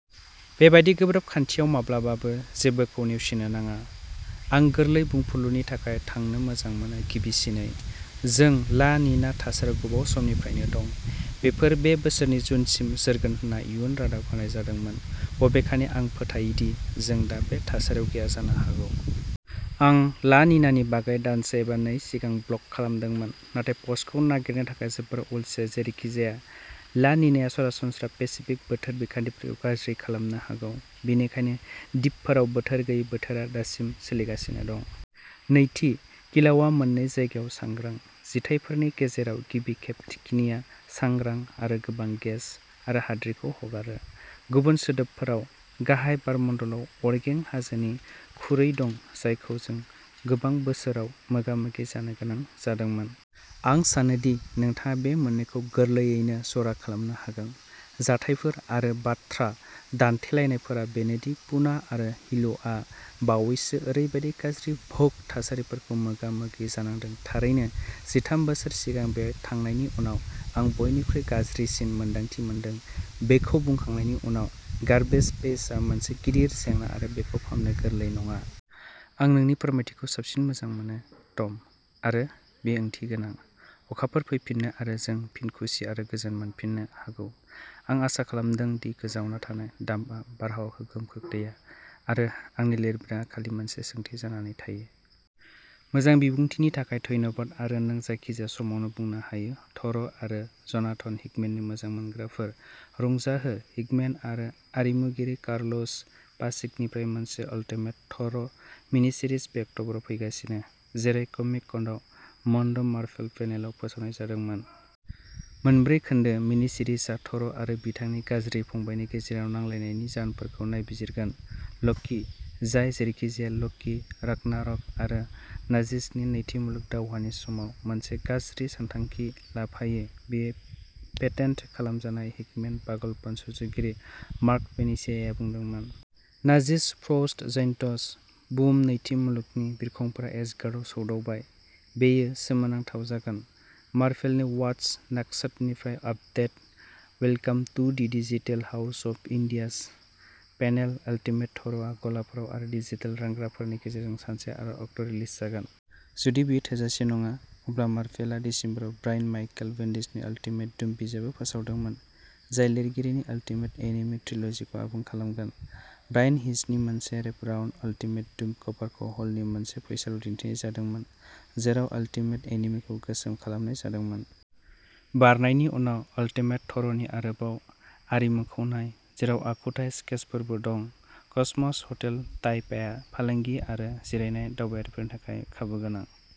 बेबादि गोब्राब खान्थियाव माब्लाबाबो जेबोखौ नेवसिनो नाङा। आं गोरलै बुंफुरलुनि थाखाय थांनो मोजां मोनो गिबिसिनै, जों ला निना थासारियाव गोबाव समनिफ्रायनो दं। बेफोर बे बोसोरनि जुनसिम जोरगोन होनना इयुन रादाब होनाय जादोंमोन, बबेखानि आं फोथायो दि जों दा बे थासारियाव गैया जानो हागौ। आं ला निनानि बागै दानसे एबा नै सिगां ब्लग खालामदोंमोन, नाथाय पस्टखौ नागिरनो थाखाय जोबोद अलसिया जेरैखिजाया, ला निनाया सरासनस्रा पेसिफिक बोथोर बिखान्थिफोरखौ गाज्रि खालामनो हागौ, बेनिखायनो दिपफोराव बोथोर गैयै बोथोरा दासिम सोलिगासिनो दं। नैथि, किलाउआ मोननै जायगायाव सांग्रां। जिथायफोरनि गेजेराव गिबि खेब थिखिनिआ सांग्रां आरो गोबां गेस आरो हाद्रिखौ हगारो। गुबुन सोदोबफोराव, गाहाय बारमण्डलाव अरगें हाजोनि खुरै दं जायखौ जों गोबां बोसोराव मोगा-मोगि जानो गोनां जादोंमोन। आं सानो दि नोंथाङा बे मोननैखौ गोरलैयैनो जरा खालामनो हागोन। जाथायफोर आरो बाथ्रा दान्थेलायनायफोरा बेनो दि पुना आरो हिल'आ बावैसो ओरैबायदि गाज्रि भोग थासारिफोरखौ मोगा-मोगि जानांदों थारैनो जिथाम बोसोर सिगां बेयाव थांनायनि उनाव आं बयनिख्रुइ गाज्रिसिन मोन्दांथि मोनदों बेखौ बुंखांनायनि उनाव, गार्बेज पैचआ मोनसे गिदिर जेंना आरो बेखौ फाहामनो गोरलै नङा। आं नोंनि फोरमायथिखौ साबसिन मोजां मोनो, टम। आरो, बेयो ओंथिगोनां। अखाफोर फैफिनो आरो जों फिन खुसि आरो गोजोन मोनफिननो हागौ। आं आसा खालामदों दि गोजावना थानाय डाम्पआ बारहावाखौ गोहोम खोख्लैया आरो आंनि लिरबिदांआ खालि मोनसे सोंथि जानानै थायो। मोजां बिबुंथिनि थाखाय धन्यबाद आरो नों जायखिजाया समावनो बुंनो हायो थ'र' आरो जनाथन हिकमेननि मोजां मोनग्राफोर, रंजाहो हिकमेन आरो आरिमुगिरि कार्लस पाचिक'निफ्राय मोनसे अल्टिमेट थ'र' मिनिसिरिज बे अक्टबराव फैगासिनो, जेरै कमिक-कनआव मन्ड'मार्भेल पेनेलआव फोसावनाय जादोंमोन। मोनब्रै खोन्दो मिनिसिरिजआ थ'र' आरो बिथांनि गाज्रि फंबायनि गेजेराव नांलायनायनि जाहोनफोरखौ नायबिजिरगोन। लकि, जाय जेरैखिजाया लकि, रागनारक, आरो नाजिसनि नैथि मुलुग दावहानि समाव मोनसे गाज्रि सानथांखि लाफायो बेयो पेटेन्ट खालामजानाय हिकमेन पागलपन सुजुगिरि मार्क पेनिसियाया बुंदोंमोन। Nazis frost giants. बुहुम नैथि मुलुगनि बिरखंफोरा एसगार्डआव सौदावबाय। बेयो सोमोनांथाव जागोन। मार्भेलनि वाटस नेक्सटनिफ्राय update welcome to the digital house of ideas panel ultimate Thor' आ गलाफोराव आरो डिजिटेल रानग्राफोरनि गेजेरजों सानसे आरो अक्ट'रिलिज जागोन। जुदि बेयो थोजासे नङा, अब्ला मार्भेलआ दिसेम्बराव ब्रायान माइकेल बेन्डिसनि अल्टिमेट डुम बिजाबबो फोसावदोंमोन, जाय लिरगिरिनि अल्टिमेट एनिमि ट्रिलजिखौ आबुं खालामगोन। ब्रायान हिचनि मोनसे रैपराउन्ड अल्टिमेट डुम कभारखौ हलनि मोनसे फैसालियाव दिन्थिनाय जादोंमोन, जेराव अल्टिमेट एनिमिखौ गोसोम खालामनाय जादोंमोन। बारनायनि उनाव अल्टिमेट थ'र' नि आरोबाव आरिमुखौ नाय, जेराव आखुथाय स्केचफोरबो दं। कसमस हटेल ताइपेया फालांगि आरो जिरायनाय दावबायारिफोरनि थाखाय खाबुगोनां।